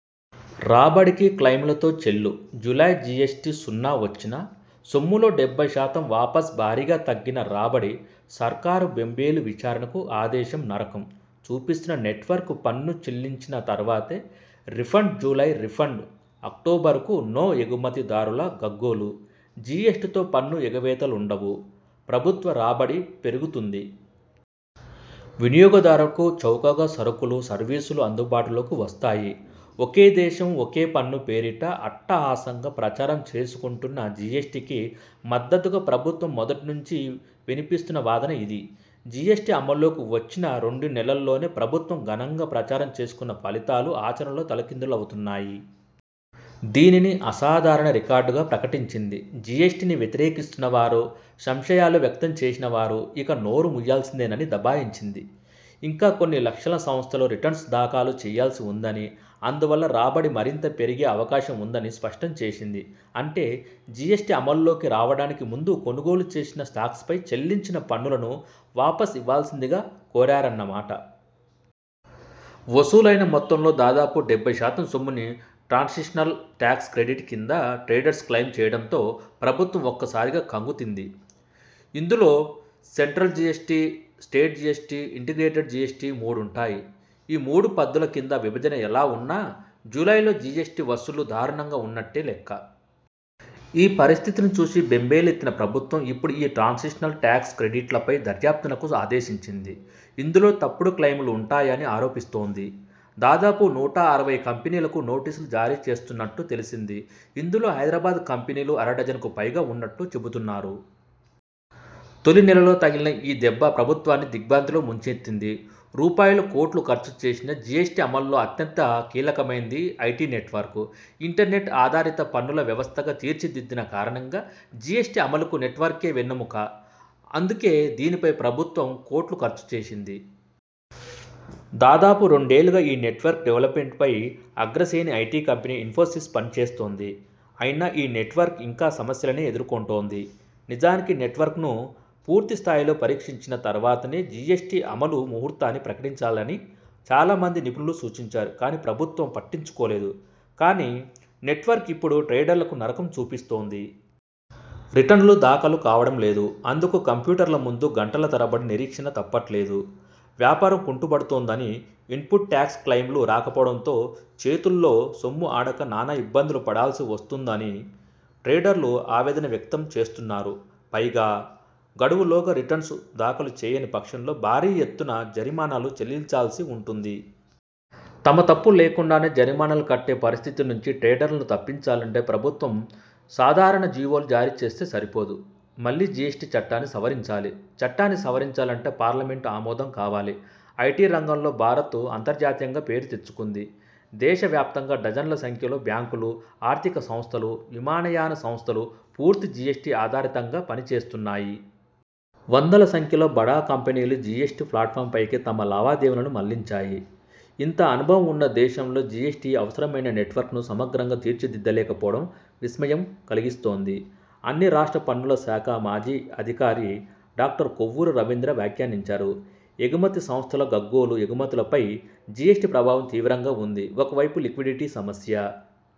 రాబడికి క్లెయిములతో చెల్లు July GST సున్నా వచ్చిన సొమ్ములో డెబ్బై శాతం వాపస్భారీగా తగ్గిన రాబడి సర్కారు బెంబేలు విచారణకు ఆదేశంనరకం చూపిస్తున్న నెట్వర్క్ పన్ను చెల్లించిన తర్వాతే రిఫండ్జూలై రిఫండ్ అక్టోబరుకూ నో ఎగుమతి దారుల గగ్గోలు జీఎస్టీతో పన్ను ఎగవేతలుండవు. ప్రభుత్వ రాబడి పెరుగుతుంది. వినియోగదారులకు చౌకగా సరుకులు, సర్వీసులు అందుబాటులోకి వస్తాయి. ఒకే దేశం ఒకే పన్ను పేరిట అట్టహాసంగా ప్రచారం చేసుకుంటున్న జీఎస్టీకి మద్దతుగా ప్రభుత్వం మొదటి నుంచీ వినిపిస్తున్న వాదన ఇది. జీఎస్టీ అమల్లోకి వచ్చిన రెండు నెలల్లోనే ప్రభుత్వం ఘనంగా ప్రచారం చేసుకున్న ఫలితాలు ఆచరణలో తలకిందులవుతున్నాయి. దీనిని అసాధారణ రికార్డుగా ప్రకటించింది. జీఎస్టీని వ్యతిరేకిస్తున్న వారు, సంశయాలు వ్యక్తం చేసిన వారు ఇక నోరు మూయాల్సిందేనని దబాయించింది. ఇంకా కొన్ని లక్షల సంస్థలు రిటర్న్స్ దాఖలు చేయాల్సి ఉందని, అందువల్ల రాబడి మరింత పెరిగే అవకాశం ఉందని స్పష్టం చేసింది. అంటే, జీఎస్టీ అమల్లోకి రావడానికి ముందు కొనుగోలు చేసిన స్టాక్పై చెల్లించిన పన్నులను వాపస్ ఇవ్వాల్సిందిగా కోరారన్న మాట. వసూలైన మొత్తంలో దాదాపు డెబ్బై శాతం సొమ్మును ట్రాన్సిషనల్ టాక్స్ క్రెడిట్ కింద ట్రేడర్లు క్లెయిమ్ చేయడంతో ప్రభుత్వం ఒక్కసారిగా కంగుతింది ఇందులో central GST, state GST, integrated GST మూడూ ఉంటాయి. ఈ మూడు పద్దుల కింద విభజన ఎలా ఉన్నా జూలైలో జీఎస్టీ వసూళ్లు దారుణంగా ఉన్నట్టే లెక్క. ఈ పరిస్థితి చూసి బెంబేలెత్తిన ప్రభుత్వం ఇప్పుడు ఈ ట్రాన్సిషనల్ టాక్స్ క్రెడిట్లపై దర్యాప్తునకు ఆదేశించింది. ఇందు లో తప్పుడు క్లెయిమ్లు ఉంటాయని ఆరోపిస్తోంది. దాదాపు నూట అరవై కంపెనీలకు నోటీసులు జారీ చేస్తున్నట్టు తెలిసింది ఇందులో హైదరాబాద్ కంపెనీలు అర డజనుకుపైగా ఉన్నట్టు చెబుతున్నారు. తొలి నెలలో తగిలిన ఈ దెబ్బ ప్రభుత్వాన్ని దిగ్భ్రాంతి లో ముంచెత్తింది. రూపాయలు కోట్లు ఖర్చు చేసినా జీఎస్టీ అమల్లో అత్యంత కీలకమైనది ఐటీ నెట్వర్క్. ఇంటర్నెట్ ఆధారిత పన్నుల వ్యవస్థగా తీర్చిదిద్దిన కారణంగా జీఎస్టీ అమలుకు నెట్వర్కే వెన్నెముక. అందుకే దీనిపై ప్రభుత్వం కోట్లు ఖర్చు చేసింది. దాదాపు రెండేళ్లుగా ఈ నెట్వర్క్ డెవల్పమెంట్పై అగ్రశ్రేణి ఐటీ కంపెనీ ఇన్ఫోసిస్ పనిచేస్తోంది. అయినా ఈ నెట్వర్క్ ఇంకా సమస్యలనే ఎదుర్కొంటోంది. నిజానికి, నెట్వర్క్ను పూర్తిస్థాయిలో పరీక్షించిన తర్వాతనే జీఎస్టీ అమలు ముహూర్తాన్ని ప్రకటించాలని చాలామంది నిపుణులు సూచించారు. కానీ ప్రభుత్వం పట్టించుకోలేదు. కానీ, నెట్వర్క్ ఇప్పుడు ట్రేడర్లకు నరకం చూపిస్తోంది. రిటర్నులు దాఖలు కావడం లేదు. అందుకు కంప్యూటర్ల ముందు గంటల తరబడి నిరీక్షణ తప్పట్లేదు. వ్యాపారం కుంటుబడుతోందని, ఇన్పుట్ టాక్స్ క్లెయిమ్లు రాకపోవడంతో చేతుల్లో సొమ్ము ఆడక నానా ఇబ్బందులు పడాల్సి వస్తోందని ట్రేడర్లు ఆవేదన వ్యక్తం చేస్తున్నారు. పైగా గడువులోగా రిటర్న్స్ దాఖలు చేయని పక్షంలో భారీ ఎత్తున జరిమానాలు చెల్లించాల్సి ఉంటుంది. తమ తప్పు లేకుండానే జరిమానాలు కట్టే పరిస్థితి నుంచి ట్రేడర్లను తప్పించాలంటే ప్రభుత్వం సాధారణ జీవోలు జారీ చేస్తే సరిపోదు. మళ్లీ జీఎస్టీ చట్టాన్ని సవరించాలి. చట్టాన్ని సవరించాలంటే పార్లమెంట్ ఆమోదం కావాలి. ''ఐటీ రంగంలో భారత్ అంతర్జాతీయంగా పేరు తెచ్చుకుంది. దేశ వ్యాప్తంగా డజన్ల సంఖ్యలో బ్యాంకులు, ఆర్థిక సంస్థలు, విమానయాన సంస్థలు పూర్తి జీఎస్టీ ఆధారితంగా పని చేస్తున్నాయి. వందల సంఖ్యలో బడా కంపెనీలు జీఎస్టీ ప్లాట్ఫామ్పైకి తమ లావాదేవీలను మళ్లించాయి. ఇంత అనుభవం ఉన్న దేశంలో జీఎస్టీకి అవసరమైన నెట్వర్క్ను సమగ్రంగా తీర్చిదిద్దలేకపోవడం విస్మయం కలిగిస్తోంది'' అని రాష్ట్ర పన్నుల శాఖ మాజీ అధికారి డాక్టర్ కొవ్వూరు రవీంద్ర వ్యాఖ్యానించారు. ఎగుమతి సంస్థల గగ్గోలు ఎగుమతులపై జీఎస్టీ ప్రభావం తీవ్రంగా ఉంది. ఒకవైపు, లిక్విడిటీ సమస్య.